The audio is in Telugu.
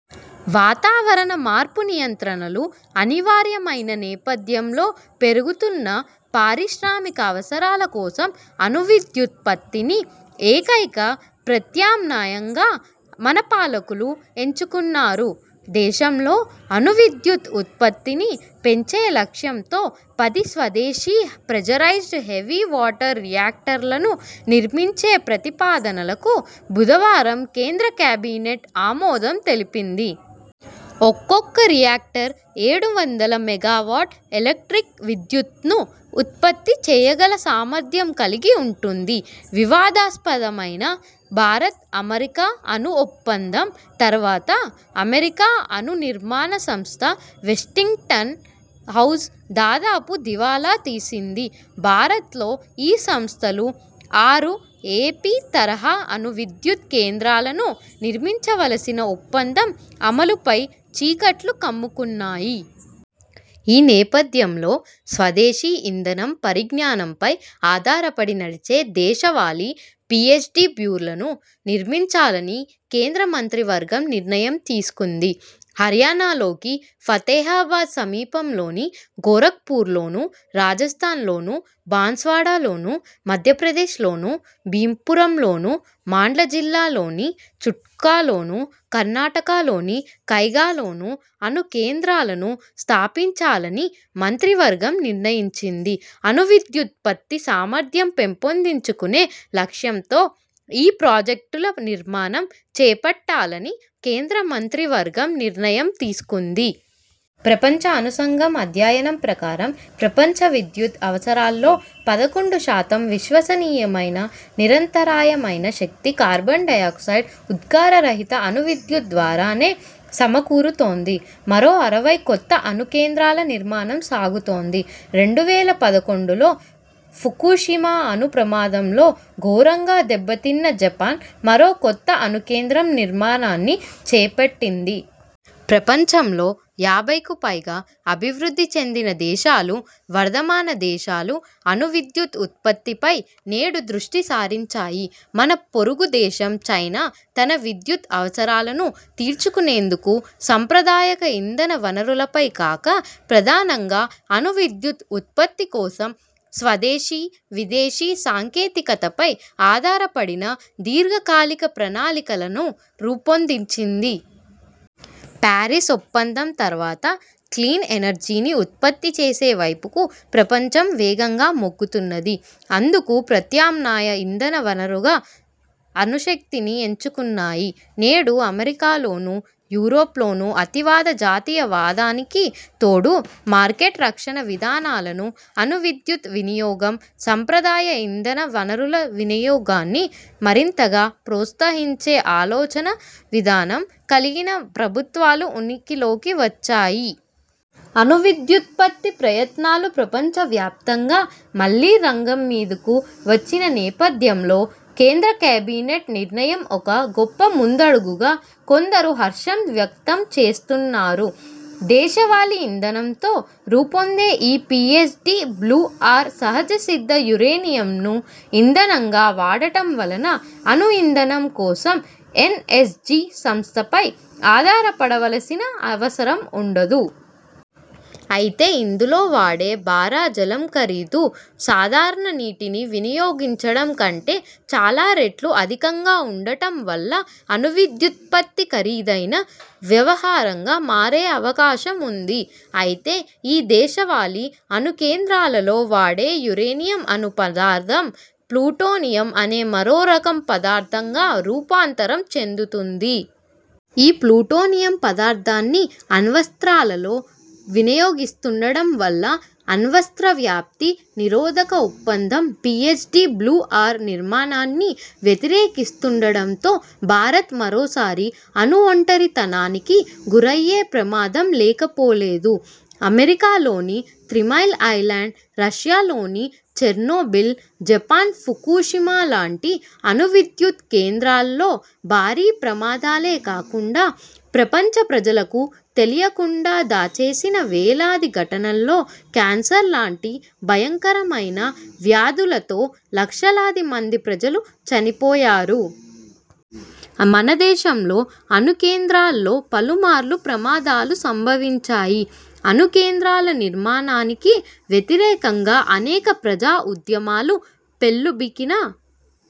వాతావరణ మార్పు నియంత్రణలు అనివార్యమైన నేపథ్యంలో పెరుగుతున్న పారిశ్రామికావసరాల కోసం అణు విద్యుదుత్పత్తిని ఏకైక ప్రత్యామ్నాయంగా మన పాలకులు ఎంచుకున్నారు. దేశంలో అణు విద్యుత్ ఉత్పత్తిని పెంచే లక్ష్యంతో పది స్వదేశీ ప్రెజరైజ్డ్ హెవీ వాటర్ రియాక్టర్లను నిర్మించే ప్రతిపాదనలకు బుధవారం కేంద్ర కేబినెట్ ఆమోదం తెలిపింది. ఒక్కొక్క రియాక్టర్ ఏడు వందల మెగావాట్ ఎలక్ట్రిక్ విద్యుత్ను ఉత్పత్తి చేయగల సామర్థ్యం కలిగి ఉంటుంది. వివాదాస్పదమైన భారత్ అమెరికా అణు ఒప్పందం తర్వాత అమెరికా అణు నిర్మాణ సంస్థ వెస్టింగ్టన్ హౌస్ దాదాపు దివాలా తీసింది. భారత్లో ఈ సంస్థలు ఆరు 'ఏపీ ' తరహా అణు విద్యుత్ కేంద్రాలను నిర్మించవలసిన ఒప్పందం అమలుపై చీకట్లు కమ్ముకున్నాయి. ఈ నేపథ్యంలో స్వదేశీ ఇంధనం పరిజ్ఞానంపై ఆధారపడి నడిచే దేశవాళి పీహెచ్డబ్యూలను నిర్మించాలని కేంద్ర మంత్రివర్గం నిర్ణయం తీసుకుంది. హర్యానాలోకి ఫతేహాబాద్ సమీపంలోని గోరఖ్పూర్లోను, రాజస్థాన్ లోను బాన్సవాడలోను, మధ్యప్రదేశ్లోను భీమ్ పుంర్లోను, మాండ్ల జిల్లాలోని చుట్కాలోను, కర్ణాటకలోని కైగాలోను అణు కేంద్రాలను స్థాపించాలని మంత్రివర్గం నిర్ణయించింది. అణువిద్యుదుత్పత్తి సామర్థ్యం పెంపొందించుకునే లక్ష్యంతో ఈ ప్రాజెక్టుల నిర్మాణం చేపట్టాలని కేంద్ర మంత్రివర్గం నిర్ణయం తీసుకుంది. ప్రపంచ అణు సంఘం అధ్యయనం ప్రకారం ప్రపంచ విద్యుత్ అవసరాల్లో పదకొండు శాతం విశ్వసనీయమైన, నిరంతరాయమైన శక్తి, కార్బన్ డై ఆక్సైడ్ ఉద్గారరహిత అణు విద్యుత్ ద్వారానే సమకూరుతోంది. మరో అరవై కొత్త అణు కేంద్రాల నిర్మాణం సాగుతోంది. రెండు వేల పదకొండులో ఫుకుషిమా అణు ప్రమాదంలో ఘోరంగా దెబ్బతిన్న జపాన్ మరో కొత్త అణు కేంద్రం నిర్మాణాన్ని చేపట్టింది. ప్రపంచంలో యాభైకు పైగా అభివృద్ధి చెందిన దేశాలు, వర్ధమాన దేశాలు అణు విద్యుత్ ఉత్పత్తిపై నేడు దృష్టి సారించాయి. మన పొరుగు దేశం చైనా తన విద్యుత్ అవసరాలను తీర్చుకునేందుకు సంప్రదాయక ఇంధన వనరులపై కాక, ప్రధానంగా అణు విద్యుత్ ఉత్పత్తి కోసం స్వదేశీ, విదేశీ సాంకేతికతపై ఆధారపడిన దీర్ఘకాలిక ప్రణాళికలను రూపొందించింది. ప్యారిస్ ఒప్పందం తర్వాత క్లీన్ ఎనర్జీని ఉత్పత్తి చేసే వైపుకు ప్రపంచం వేగంగా మొగ్గుతున్నది. అందుకు ప్రత్యామ్నాయ ఇంధన వనరుగా అణుశక్తిని ఎంచుకున్నాయి. నేడు అమెరికాలోను, యూరప్లోను అతివాద జాతీయవాదానికి తోడు మార్కెట్ రక్షణ విధానాలను, అణు విద్యుత్ వినియోగం, సంప్రదాయ ఇంధన వనరుల వినియోగాన్ని మరింతగా ప్రోత్సహించే ఆలోచనా విధానం కలిగిన ప్రభుత్వాలు ఉనికిలోకి వచ్చాయి. అణు విద్యుదుత్పత్తి ప్రయత్నాలు ప్రపంచవ్యాప్తంగా మళ్లీ రంగం మీదకు వచ్చిన నేపథ్యంలో కేంద్ర కేబినెట్ నిర్ణయం ఒక గొప్ప ముందడుగుగా కొందరు హర్షం వ్యక్తం చేస్తున్నారు. దేశవాళీ ఇంధనంతో రూపొందే ఈ పీహెచ్డబ్ల్యూఆర్ సహజసిద్ధ యురేనియంను ఇంధనంగా వాడటం వలన అణు ఇంధనం కోసం ఎన్ఎస్జీ సంస్థపై ఆధారపడవలసిన అవసరం ఉండదు. అయితే ఇందులో వాడే భార జలం ఖరీదు సాధారణ నీటిని వినియోగించడం కంటే చాలా రెట్లు అధికంగా ఉండటం వల్ల అణువిద్యుత్పత్తి ఖరీదైన వ్యవహారంగా మారే అవకాశం ఉంది. అయితే ఈ దేశవాళి అణు కేంద్రాలలో వాడే యురేనియం అణు పదార్థం ప్లూటోనియం అనే మరోరకం పదార్థంగా రూపాంతరం చెందుతుంది. ఈ ప్లుటోనియం పదార్థాన్ని అణ్వస్త్రాలలో వినియోగిస్తుండడం వల్ల అణ్వస్త్ర వ్యాప్తి నిరోధక ఒప్పందం పీహెచ్డబ్ల్యూఆర్ నిర్మాణాన్ని వ్యతిరేకిస్తుండడంతో భారత్ మరోసారి అణు ఒంటరితనానికి గురయ్యే ప్రమాదం లేకపోలేదు. అమెరికాలోని త్రీమైల్ ఐలాండ్, రష్యాలోని చెర్నోబిల్, జపాన్ ఫుకుషిమాలాంటి అణు విద్యుత్ కేంద్రాల్లో భారీ ప్రమాదాలే కాకుండా, ప్రపంచ ప్రజలకు తెలియకుండా దాచేసిన వేలాది ఘటనల్లో క్యాన్సర్ లాంటి భయంకరమైన వ్యాధులతో లక్షలాది మంది ప్రజలు చనిపోయారు. మన దేశంలో అణు కేంద్రాల్లో పలుమార్లు ప్రమాదాలు సంభవించాయి. అణు కేంద్రాల నిర్మాణానికి వ్యతిరేకంగా అనేక ప్రజా ఉద్యమాలు పెల్లుబికిన